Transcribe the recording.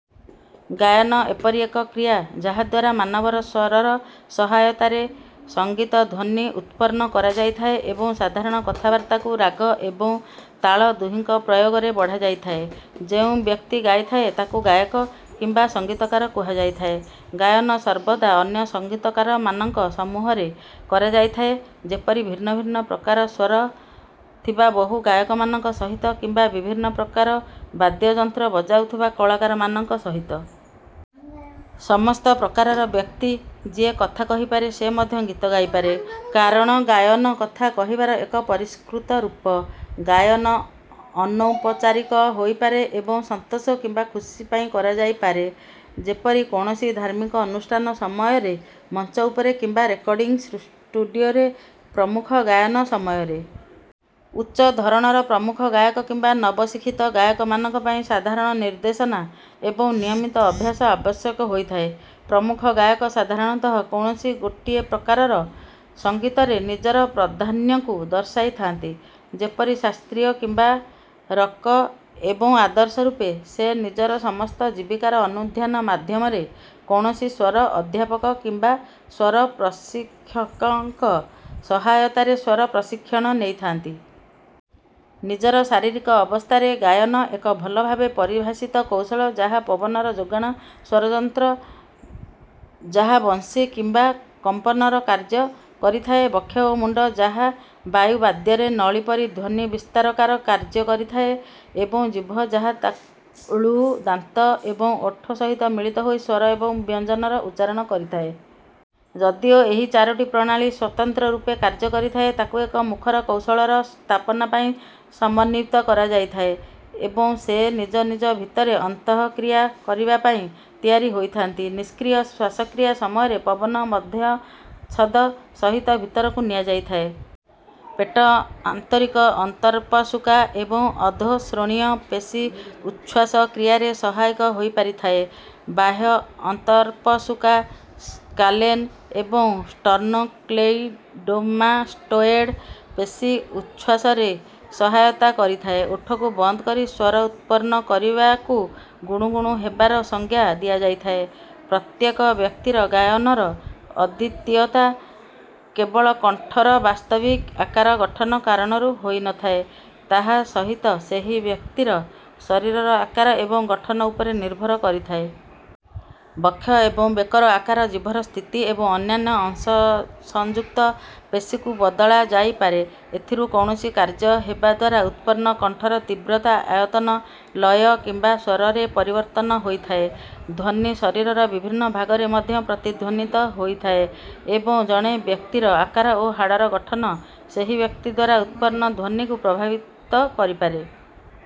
ଗାୟନ ଏପରି ଏକ କ୍ରିୟା ଯାହା ଦ୍ୱାରା ମାନବର ସ୍ୱରର ସହାୟତାରେ ସଙ୍ଗୀତ ଧ୍ୱନି ଉତ୍ପନ୍ନ କରାଯାଇଥାଏ ଏବଂ ସାଧାରଣ କଥାବାର୍ତ୍ତାକୁ ରାଗ ଏବଂ ତାଳ ଦୁହିଁଙ୍କ ପ୍ରୟୋଗରେ ବଢ଼ାଯାଇଥାଏ। ଯେଉଁ ବ୍ୟକ୍ତି ଗାଇଥାଏ ତାଙ୍କୁ ଗାୟକ କିମ୍ବା ସଙ୍ଗୀତକାର କୁହାଯାଇଥାଏ। ଗାୟନ ସର୍ବଦା ଅନ୍ୟ ସଙ୍ଗୀତକାରମାନଙ୍କ ସମୂହରେ କରାଯାଇଥାଏ ଯେପରି ଭିନ୍ନ ଭିନ୍ନ ପ୍ରକାର ସ୍ୱର ଥିବା ବହୁ ଗାୟକମାନଙ୍କ ସହିତ କିମ୍ବା ବିଭିନ୍ନ ପ୍ରକାର ବାଦ୍ୟଯନ୍ତ୍ର ବଜାଉଥିବା କଳାକାରମାନଙ୍କ ସହିତ। ସମସ୍ତ ପ୍ରକାରର ବ୍ୟକ୍ତି ଯିଏ କଥା କହିପାରେ ସେ ମଧ୍ୟ ଗୀତ ଗାଇପାରେ। କାରଣ ଗାୟନ କଥା କହିବାର ଏକ ପରିଷ୍କୃତ ରୂପ। ଗାୟନ ଅନୌପଚାରିକ ହୋଇପାରେ ଏବଂ ସନ୍ତୋଷ କିମ୍ବା ଖୁସି ପାଇଁ କରାଯାଇପାରେ। ଯେପରି କୌଣସି ଧାର୍ମିକ ଅନୁଷ୍ଠାନ ସମୟରେ ମଞ୍ଚ ଉପରେ କିମ୍ବା ରେକର୍ଡିଂ ଷ୍ଟୁଡିଓରେ ପ୍ରମୁଖ ଗାୟନ ସମୟରେ। ଉଚ୍ଚ ଧରଣର ପ୍ରମୁଖ ଗାୟକ କିମ୍ବା ନବଶିକ୍ଷିତ ଗାୟକମାନଙ୍କ ପାଇଁ ସାଧାରଣ ନିର୍ଦ୍ଦେଶନା ଏବଂ ନିୟମିତ ଅଭ୍ୟାସ ଆବଶ୍ୟକ ହୋଇଥାଏ। ପ୍ରମୁଖ ଗାୟକ ସାଧାରଣତଃ କୌଣସି ଗୋଟିଏ ପ୍ରକାରର ସଙ୍ଗୀତରେ ନିଜର ପ୍ରାଧାନ୍ୟକୁ ଦର୍ଶାଇଥାନ୍ତି ଯେପରି ଶାସ୍ତ୍ରୀୟ କିମ୍ବା ରକ ଏବଂ ଆଦର୍ଶ ରୂପେ ସେ ନିଜର ସମସ୍ତ ଜୀବିକାର ଅନୁଧ୍ୟାନ ମାଧ୍ୟମରେ କୌଣସି ସ୍ୱର-ଅଧ୍ୟାପକ କିମ୍ବା ସ୍ୱର-ପ୍ରଶିକ୍ଷକଙ୍କ ସହାୟତାରେ ସ୍ୱର-ପ୍ରଶିକ୍ଷଣ ନେଇଥାନ୍ତି। ନିଜର ଶାରୀରିକ ଅବସ୍ଥାରେ ଗାୟନ ଏକ ଭଲ ଭାବେ ପରିଭାଷିତ କୌଶଳ ଯାହା ପବନର ଯୋଗାଣ ସ୍ୱରଯନ୍ତ୍ର ଯାହା ବଂଶୀ କିମ୍ବା କମ୍ପନର କାର୍ଯ୍ୟ କରିଥାଏ ବକ୍ଷ ଓ ମୁଣ୍ଡ ଯାହା ବାୟୁ ବାଦ୍ୟରେ ନଳୀ ପରି ଧ୍ୱନି ବିସ୍ତାରକାର କାର୍ଯ୍ୟ କରିଥାଏ ଏବଂ ଜିଭ ଯାହା ତାଳୁ ଦାନ୍ତ ଏବଂ ଓଠ ସହିତ ମିଳିତ ହୋଇ ସ୍ୱର ଏବଂ ବ୍ୟଞ୍ଜନର ଉଚ୍ଚାରଣ କରିଥାଏ। ଯଦିଓ ଏହି ଚାରୋଟି ପ୍ରଣାଳୀ ସ୍ୱତନ୍ତ୍ର ରୂପେ କାର୍ଯ୍ୟ କରିଥାଏ ତାଙ୍କୁ ଏକ ମୁଖର କୌଶଳର ସ୍ଥାପନା ପାଇଁ ସମନ୍ୱିତ କରାଯାଇଥାଏ ଏବଂ ସେ ନିଜ ନିଜ ଭିତରେ ଅନ୍ତଃକ୍ରିୟା କରିବା ପାଇଁ ତିଆରି ହୋଇଥାନ୍ତି। ନିଷ୍କ୍ରିୟ ଶ୍ୱାସକ୍ରିୟା ସମୟରେ ପବନ ମଧ୍ୟଚ୍ଛଦ ସହିତ ଭିତରକୁ ନିଆଯାଇଥାଏ। ପେଟ ଆନ୍ତରିକ ଅନ୍ତର୍ପଶୁକା ଏବଂ ଅଧୋ ଶ୍ରୋଣୀୟ ପେଶୀ ଉଚ୍ଛ୍ୱାସ କ୍ରିୟାରେ ସହାୟକ ହୋଇପାରିଥାଏ। ବାହ୍ୟ ଅନ୍ତର୍ପଶୁକା ସ୍କାଲେନ ଏବଂ ଷ୍ଟର୍ନୋକ୍ଲେଇଡୋମାଷ୍ଟୋଏଡ ପେଶୀ ଉଚ୍ଛ୍ୱାସରେ ସହାୟତା କରିଥାଏ। ଓଠକୁ ବନ୍ଦ କରି ସ୍ୱର ଉତ୍ପନ୍ନ କରିବାକୁ ଗୁଣୁଗୁଣୁ ହେବାର ସଂଜ୍ଞା ଦିଆଯାଇଥାଏ। ପ୍ରତ୍ୟେକ ବ୍ୟକ୍ତିର ଗାୟନର ଅଦ୍ୱିତୀୟତା କେବଳ କଣ୍ଠର ବାସ୍ତବିକ ଆକାର ଗଠନ କାରଣରୁ ହୋଇନଥାଏ ତାହା ସହିତ ସେହି ବ୍ୟକ୍ତିର ଶରୀରର ଆକାର ଏବଂ ଗଠନ ଉପରେ ନିର୍ଭର କରିଥାଏ। ବକ୍ଷ ଏବଂ ବେକର ଆକାର ଜିଭର ସ୍ଥିତି ଏବଂ ଅନ୍ୟାନ୍ୟ ଅଂଶସଂଯୁକ୍ତ ପେଶୀକୁ ବଦଳାଯାଇପାରେ। ଏଥିରୁ କୌଣସି କାର୍ଯ୍ୟ ହେବା ଦ୍ୱାରା ଉତ୍ପନ୍ନ କଣ୍ଠର ତୀବ୍ରତା ଆୟତନ ଲୟ କିମ୍ବା ସ୍ୱରରେ ପରିବର୍ତ୍ତନ ହୋଇଥାଏ। ଧ୍ୱନି ଶରୀରର ବିଭିନ୍ନ ଭାଗରେ ମଧ୍ୟ ପ୍ରତିଧ୍ୱନିତ ହୋଇଥାଏ ଏବଂ ଜଣେ ବ୍ୟକ୍ତିର ଆକାର ଓ ହାଡ଼ର ଗଠନ ସେହି ବ୍ୟକ୍ତି ଦ୍ୱାରା ଉତ୍ପନ୍ନ ଧ୍ୱନିକୁ ପ୍ରଭାବିତ କରିପାରେ।